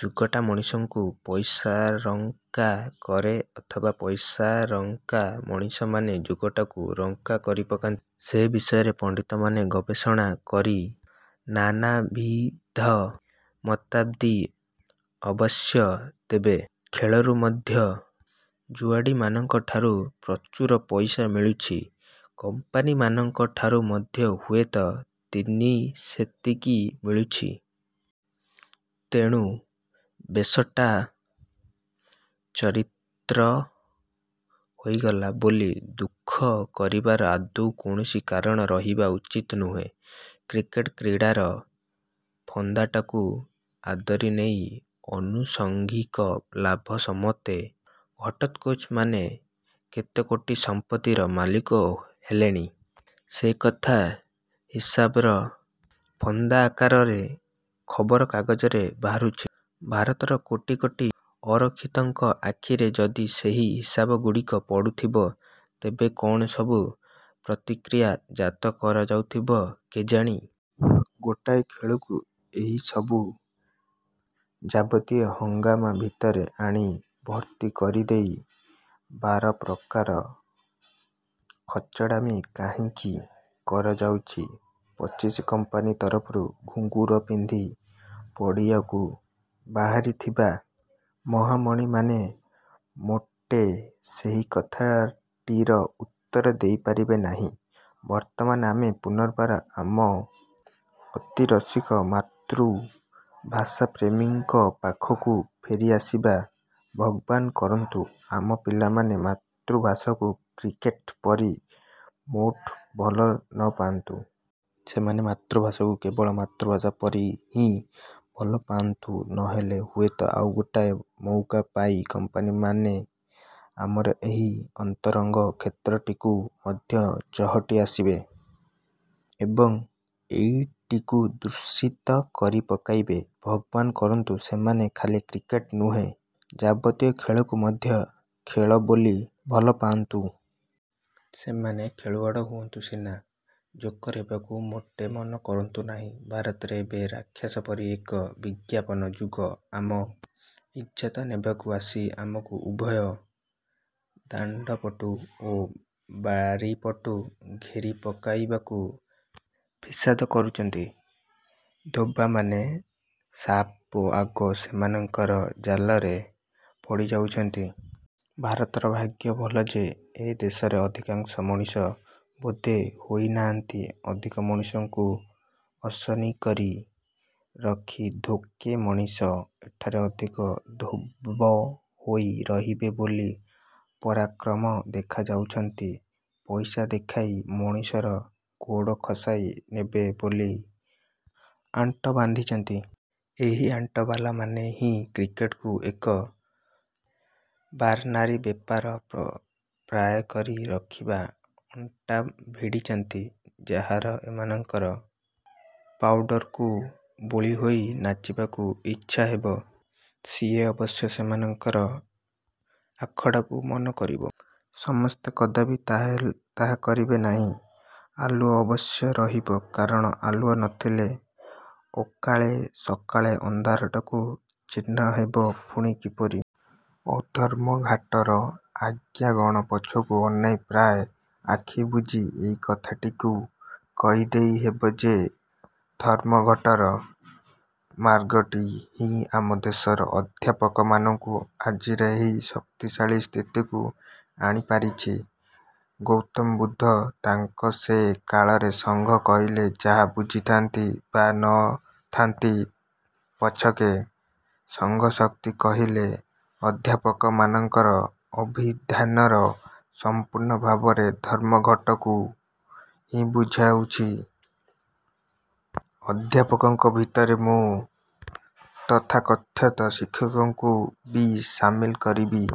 ଯୁଗଟା ମଣିଷଙ୍କୁ ପଇସାରଙ୍କା କରେ ଅଥବା ପଇସାରଙ୍କା ମଣିଷମାନେ ଯୁଗଟାକୁ ରଙ୍କା କରିପକାନ୍ତି, ସେ ବିଷୟରେ ପଣ୍ଡିତମାନେ ଗବେଷଣା କରି ନାନାବିଧ ମତାବ୍ଦି ଅବଶ୍ୟ ତେବେ। ଖେଳରୁ ମଧ୍ୟ ଜୁଆଡ଼ିମାନଙ୍କ ଠାରୁ ପ୍ରଚୁର ପଇସା ମିଳୁଛି, କମ୍ପାନୀମାନଙ୍କ ଠାରୁ ମଧ୍ୟ ହୁଏତ ତିନି ସେତିକି ମିଳୁଛି। ତେଣୁ ବେଶଟା ଚରିତ୍ରି ହୋଇଗଲା ବୋଲି ଦୁଃଖ କରିବାର ଆଦୌ କୌଣସି କାରଣ ରହିବା ଉଚିତ ନୁହେଁ। କ୍ରିକେଟ କ୍ରୀଡ଼ାର ଫନ୍ଦାଟାକୁ ଆଦରି ନେଇ ଆନୁସଙ୍ଗିକ ଲାଭ ସମେତ ଘଟୋତ୍କଚମାନେ କେତେକୋଟି ସମ୍ପତ୍ତିର ମାଲିକ ହେଲେଣି, ସେକଥା ହିସାବର ଫର୍ଦ୍ଦ ଆକାରରେ ଖବରକାଗଜରେ ବାହାରୁଛି। ଭାରତର କୋଟି କୋଟି ଅରକ୍ଷିତଙ୍କ ଆଖିରେ ଯଦି ସେହି ହିସାବଗୁଡ଼ିକ ପଡୁଥିବ, ତେବେ କଣ ସବୁ ପ୍ରତିକ୍ରିୟା ଜାତ କରାଉଥିବ କେଜାଣି? ଗୋଟାଏ ଖେଳକୁ ଏହିସବୁ ଯାବତୀୟ ହଙ୍ଗାମା ଭିତରେ ଆଣି ଭର୍ତ୍ତି କରିଦେଇ ବାରପ୍ରକାର ଖଚଡ଼ାମି କାହିଁକି ?କରାଯାଉଛି ପଚିଶି କମ୍ପାନୀ ତରଫରୁ ଘୁଙ୍ଗୁର ପିନ୍ଧି ପଡ଼ିଆକୁ ବାହାରିଥିବା ମହାମଣିମାନେ ମୋଟେ ସେହି କଥାଟିର ଉତ୍ତର ଦେଇପାରିବେ ନାହିଁ। ବର୍ତ୍ତମାନ ଆମେ ପୁନର୍ବାର ଆମ ଅତିରସିକ ମାତୃଭାଷାପ୍ରେମୀଙ୍କ ପାଖକୁ ଫେରିଆସିବା, ଭଗବାନ କରନ୍ତୁ ଆମ ପିଲାମାନେ ମାତୃଭାଷାକୁ କ୍ରିକେଟ ପରି ମୋଟ ଭଲ ନପାଆନ୍ତୁ। ସେମାନେ ମାତୃଭାଷାକୁ କେବଳ ମାତୃଭାଷା ପରି ହିଁ ଭଲପାଆନ୍ତୁ, ନହେଲେ ହୁଏତ ଆଉ ଗୋଟାଏ ମଉକା ପାଇ କମ୍ପାନୀମାନେ ଆମର ଏହି ଅନ୍ତରଙ୍ଗ କ୍ଷେତ୍ରଟିକୁ ମଧ୍ୟ ଚହଟି ଆସିବେ ଏବଂ ଏଇଟିକୁ ଦୂଷିତ କରି ପକାଇବେ। ଭଗବାନ କରନ୍ତୁ ସେମାନେ ଖାଲି କ୍ରିକେଟ ନୁହେଁ ଯାବତୀୟ ଖେଳକୁ ମଧ୍ୟ ଖେଳ ବୋଲି ଭଲପାଆନ୍ତୁ। ସେମାନେ ଖେଳୁଆଡ଼ ହୁଅନ୍ତୁ ସିନା, ଜୋକର ହେବାକୁ ମୋଟେ ମନ କରନ୍ତୁ ନାହିଁ। ଭାରତରେ ଏବେ ରାକ୍ଷସ ପରି ଏକ ବିଜ୍ଞାପନ ଯୁଗ ଆମ ଇଜ୍ଜତ ନେବାକୁ ଆସି ଆମକୁ ଉଭୟ ଦାଣ୍ଡପଟୁ ଓ ବାରିପଟୁ ଘେରି ପକାଇବାକୁ ଫିସାଦ କରୁଛି। ଧୋବମାନେ ସବାଆଗ ସେମାନଙ୍କର ଜାଲରେ ପଡ଼ିଯାଉଛନ୍ତି। ଭାରତର ଭାଗ୍ୟ ଭଲ ଯେ, ଏ ଦେଶରେ ଅଧିକାଂଶ ମଣିଷ ଧୋବ ହୋଇନାହାନ୍ତି। ଅଧିକ ମଣିଷଙ୍କୁ ଅସନୀ କରି ରଖି ଥୋକେ ମଣିଷ ଏଠାରେ ଅଧିକ ଧୋବ ହୋଇ ରହିବେ ବୋଲି ପରାକ୍ରମ ଦେଖାଉଛନ୍ତି। ପଇସା ଦେଖାଇ ମଣିଷର ଗୋଡ଼ ଖସାଇ ନେବେ ବୋଲି ଆଣ୍ଟ ବାନ୍ଧିଛନ୍ତି। ଏହି ଆଣ୍ଟବାଲାମାନେ ହିଁ କ୍ରିକେଟକୁ ଏକ ବାରନାରୀ ବେପାର ପ୍ରାୟ କରି ରଖିବାକୁ ଅଣ୍ଟା ଭିଡ଼ିଛନ୍ତି। ଯାହାର ଏମାନଙ୍କର ପାଉଡ଼ରକୁ ବୋଳିହୋଇ ନାଚିବାକୁ ଇଚ୍ଛା ହେବ, ସିଏ ଅବଶ୍ୟ ସେମାନଙ୍କର ଆଖଡ଼ାକୁ ମନକରିବ। ସମସ୍ତେ କଦାପି ତାହା କରିବେ ନାହିଁ। ଆଲୁଅ ଅବଶ୍ୟ ରହିବ, କାରଣ ଆଲୁଅ ନଥିଲେ ଅକାଳେ ସକାଳେ ଅନ୍ଧାରଟାକୁ ଚିହ୍ନିହେବ ପୁଣି କିପରି? ଅଧର୍ମଘାଟର ଆଜ୍ଞାଗଣ ପଛକୁ ଅନାଇ ପ୍ରାୟ ଆଖି ବୁଜି ଏହି କଥାଟିକୁ କହିଦେଇ ହେବ ଯେ, ଧର୍ମଘଟର ମାର୍ଗଟି ହିଁ ଆମ ଦେଶର ଅଧ୍ୟାପକମାନଙ୍କୁ ଆଜିର ଏହି ଶକ୍ତିଶାଳୀ ସ୍ଥିତିକୁ ଆଣିପାରିଛି। ଗୌତମ ବୁଦ୍ଧ ତାଙ୍କ ସେ କାଳରେ ସଂଘ କହିଲେ ଯାହା ବୁଝିଥାନ୍ତୁ ବା ନଥାନ୍ତୁ ପଛକେ, ସଂଘଶକ୍ତି କହିଲେ ଅଧ୍ୟାପକମାନଙ୍କର ଅଭିଧାନରେ ସମ୍ପୂର୍ଣ୍ଣ ଭାବରେ ଧର୍ମଘଟକୁ ହିଁ ବୁଝାଉଛି। ଅଧ୍ୟାପକଙ୍କ ଭିତରେ ତଥାକଥିତ ଶିକ୍ଷକମାନଙ୍କୁ ବି ସାମିଲ କରିବି।